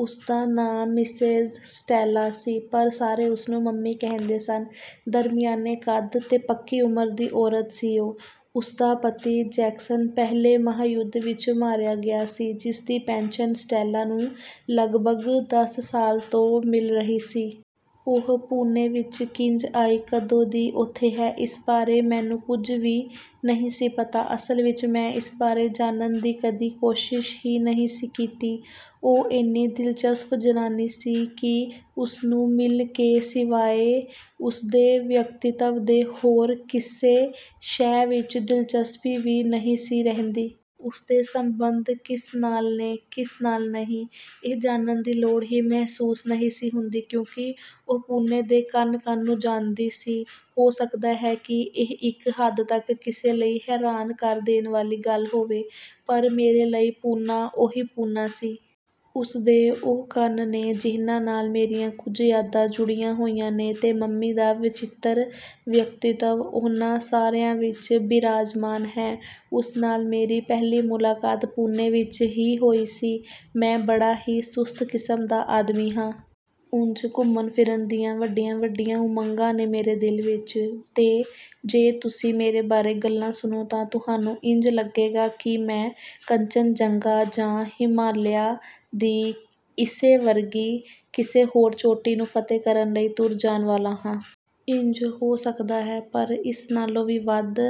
ਉਸਦਾ ਨਾਂ Mrs Stella ਸੀ, ਪਰ ਸਾਰੇ ਉਸਨੂੰ ਮੰਮੀ ਕਹਿੰਦੇ ਸਨ। ਦਰਮਿਆਨੇ ਕੱਦ ਤੇ ਪੱਕੀ ਉਮਰ ਦੀ ਔਰਤ ਸੀ ਉਹ। ਉਸਦਾ ਪਤੀ ਜੈਕਸਨ ਪਹਿਲੇ ਮਹਾ-ਯੁੱਧ ਵਿਚ ਮਾਰਿਆ ਗਿਆ ਸੀ। ਜਿਸਦੀ ਪੈਨਸ਼ਨ ਸਟੈਲਾ ਨੂੰ ਲਗਭਗ ਦਸ ਸਾਲ ਤੋਂ ਮਿਲ ਰਹੀ ਸੀ। ਉਹ ਪੂਨੇ ਵਿਚ ਕਿੰਜ ਆਈ?, ਕਦੋਂ ਦੀ ਉੱਥੇ ਹੈ?, ਇਸ ਬਾਰੇ ਮੈਨੂੰ ਕੁਝ ਵੀ ਨਹੀਂ ਸੀ ਪਤਾ। ਅਸਲ ਵਿਚ ਮੈਂ ਇਸ ਬਾਰੇ ਜਾਣਨ ਦੀ ਕਦੀ ਕੋਸ਼ਿਸ਼ ਹੀ ਨਹੀਂ ਸੀ ਕੀਤੀ। ਉਹ ਏਨੀ ਦਿਲਚਸਪ ਜਨਾਨੀ ਸੀ ਕਿ ਉਸਨੂੰ ਮਿਲ ਕੇ ਸਿਵਾਏ ਉਸਦੇ ਵਿਅੱਕਤੀਤਵ ਦੇ ਹੋਰ ਕਿਸੇ ਸ਼ੈ ਵਿਚ ਦਿਲਚਸਪੀ ਵੀ ਨਹੀਂ ਸੀ ਰਹਿੰਦੀ। ਉਸਦੇ ਸਬੰਧ ਕਿਸ ਨਾਲ ਨੇ, ਕਿਸ ਨਾਲ ਨਹੀਂ? ਇਹ ਜਾਣਨ ਦੀ ਲੋੜ ਹੀ ਮਹਿਸੂਸ ਨਹੀਂ ਸੀ ਹੁੰਦੀ, ਕਿਉਂਕਿ ਉਹ ਪੂਨੇ ਦੇ ਕਣ-ਕਣ ਨੂੰ ਜਾਨਦੀ ਸੀ। ਹੋ ਸਕਦਾ ਹੈ ਕਿ ਇਹ ਇਕ ਹੱਦ ਤੱਕ ਕਿਸੇ ਲਈ ਹੈਰਾਨ ਕਰ ਦੇਣ ਵਾਲੀ ਗੱਲ ਹੋਵੇ, ਪਰ ਮੇਰੇ ਲਈ ਪੂਨਾ ਉਹੀ ਪੂਨਾ ਸੀ। ਉਸਦੇ ਉਹ ਕਣ ਨੇ, ਜਿਹਨਾਂ ਨਾਲ ਮੇਰੀਆਂ ਕੁਝ ਯਾਦਾਂ ਜੁੜੀਆਂ ਹੋਈਆਂ ਨੇ ਤੇ ਮੰਮੀ ਦਾ ਵਚਿੱਤਰ ਵਿਅੱਕਤੀਤਵ ਉਹਨਾਂ ਸਾਰਿਆਂ ਵਿਚ ਬਿਰਾਜਮਾਨ ਹੈ। ਉਸ ਨਾਲ ਮੇਰੀ ਪਹਿਲੀ ਮੁਲਾਕਾਤ ਪੂਨੇ ਵਿਚ ਹੀ ਹੋਈ ਸੀ। ਮੈਂ ਬੜਾ ਹੀ ਸੁਸਤ ਕਿਸਮ ਦਾ ਆਦਮੀ ਹਾਂ। ਉਂਜ ਘੁੰਮਣ-ਫਿਰਨ ਦੀਆਂ ਵੱਡੀਆਂ-ਵੱਡੀਆਂ ਉਮੰਗਾਂ ਨੇ ਮੇਰੇ ਦਿਲ ਵਿਚ, ਤੇ ਜੇ ਤੁਸੀਂ ਮੇਰੇ ਬਾਰੇ ਗੱਲਾਂ ਸੁਣੋ ਤਾਂ ਤੁਹਾਨੂੰ ਇੰਜ ਲੱਗੇਗਾ ਕਿ ਮੈਂ ਕੰਚਨਜੰਗਾ ਜਾਂ ਹਿਮਾਲਿਆ ਦੀ ਇਸੇ ਵਰਗੀ ਕਿਸੇ ਹੋਰ ਚੋਟੀ ਨੂੰ ਫਤਿਹ ਕਰਨ ਲਈ ਤੁਰ ਜਾਣ ਵਾਲਾ ਹਾਂ। ਇੰਜ ਹੋ ਸਕਦਾ ਹੈ, ਪਰ ਇਸ ਨਾਲੋਂ ਵੀ ਵਧ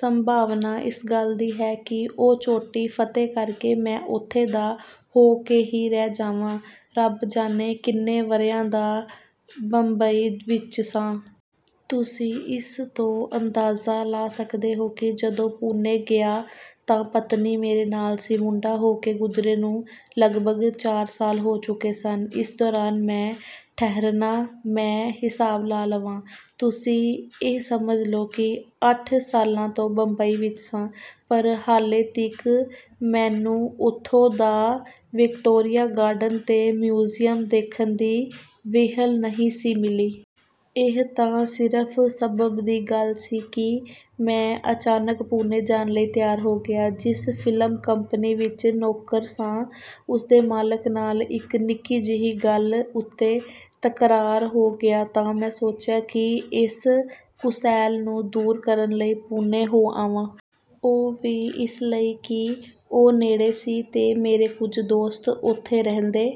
ਸੰਭਾਵਨਾ ਇਸ ਗੱਲ ਦੀ ਹੈ ਕਿ ਉਹ ਚੋਟੀ ਫਤਿਹ ਕਰਕੇ ਮੈਂ ਉੱਥੋਂ ਦਾ ਹੋ ਕੇ ਹੀ ਰਹਿ ਜਾਵਾਂ। ਰੱਬ ਜਾਣੇ ਕਿੰਨੇ ਵਰ੍ਹਿਆਂ ਦਾ ਬੰਬਈ ਵਿਚ ਸਾਂ। ਤੁਸੀਂ ਇਸ ਤੋਂ ਅੰਦਾਜ਼ਾ ਲਾ ਸਕਦੇ ਹੋ ਕਿ ਜਦੋਂ ਪੂਨੇ ਗਿਆ ਤਾਂ ਪਤਨੀ ਮੇਰੇ ਨਾਲ ਸੀ। ਮੁੰਡਾ ਹੋ ਕੇ ਗੁਜਰੇ ਨੂੰ ਲਗਭਗ ਚਾਰ ਸਾਲ ਹੋ ਚੁੱਕੇ ਸਨ। ਇਸ ਦੌਰਾਨ ਮੈਂ ਠਹਿਰਨਾ, ਮੈਂ ਹਿਸਾਬ ਲਾ ਲਵਾਂ, ਤੁਸੀਂ ਇਹ ਸਮਝ ਲਓ ਕਿ ਅੱਠ ਸਾਲਾਂ ਤੋਂ ਬੰਬਈ ਵਿਚ ਸਾਂ, ਪਰ ਹਾਲੇ ਤੀਕ ਮੈਨੂੰ ਉੱਥੋਂ ਦਾ ਵਿਕਟੋਰੀਆ ਗਾਰਡਨ ਤੇ ਮਿਊਜ਼ਿਅਮ ਦੇਖਣ ਦੀ ਵਿਹਲ ਨਹੀਂ ਸੀ ਮਿਲੀ। ਇਹ ਤਾਂ ਸਿਰਫ ਸਬੱਬ ਦੀ ਗੱਲ ਸੀ ਕਿ ਮੈਂ ਅਚਾਨਕ ਪੂਨੇ ਜਾਣ ਲਈ ਤਿਆਰ ਹੋ ਗਿਆ। ਜਿਸ ਫ਼ਿਲਮ ਕੰਪਨੀ ਵਿਚ ਨੌਕਰ ਸਾਂ, ਉਸਦੇ ਮਾਲਕ ਨਾਲ ਇਕ ਨਿੱਕੀ-ਜਿਹੀ ਗੱਲ ਉੱਤੇ ਤਕਰਾਰ ਹੋ ਗਿਆ ਤਾਂ ਮੈਂ ਸੋਚਿਆ ਕਿ ਏਸ ਕੁਸੈਲ ਨੂੰ ਦੂਰ ਕਰਨ ਲਈ ਪੂਨੇ ਹੋ ਆਵਾਂ। ਉਹ ਵੀ ਇਸ ਲਈ ਕਿ ਉਹ ਨੇੜੇ ਸੀ ਤੇ ਮੇਰੇ ਕੁਝ ਦੋਸਤ ਉੱਥੇ ਰਹਿੰਦੇ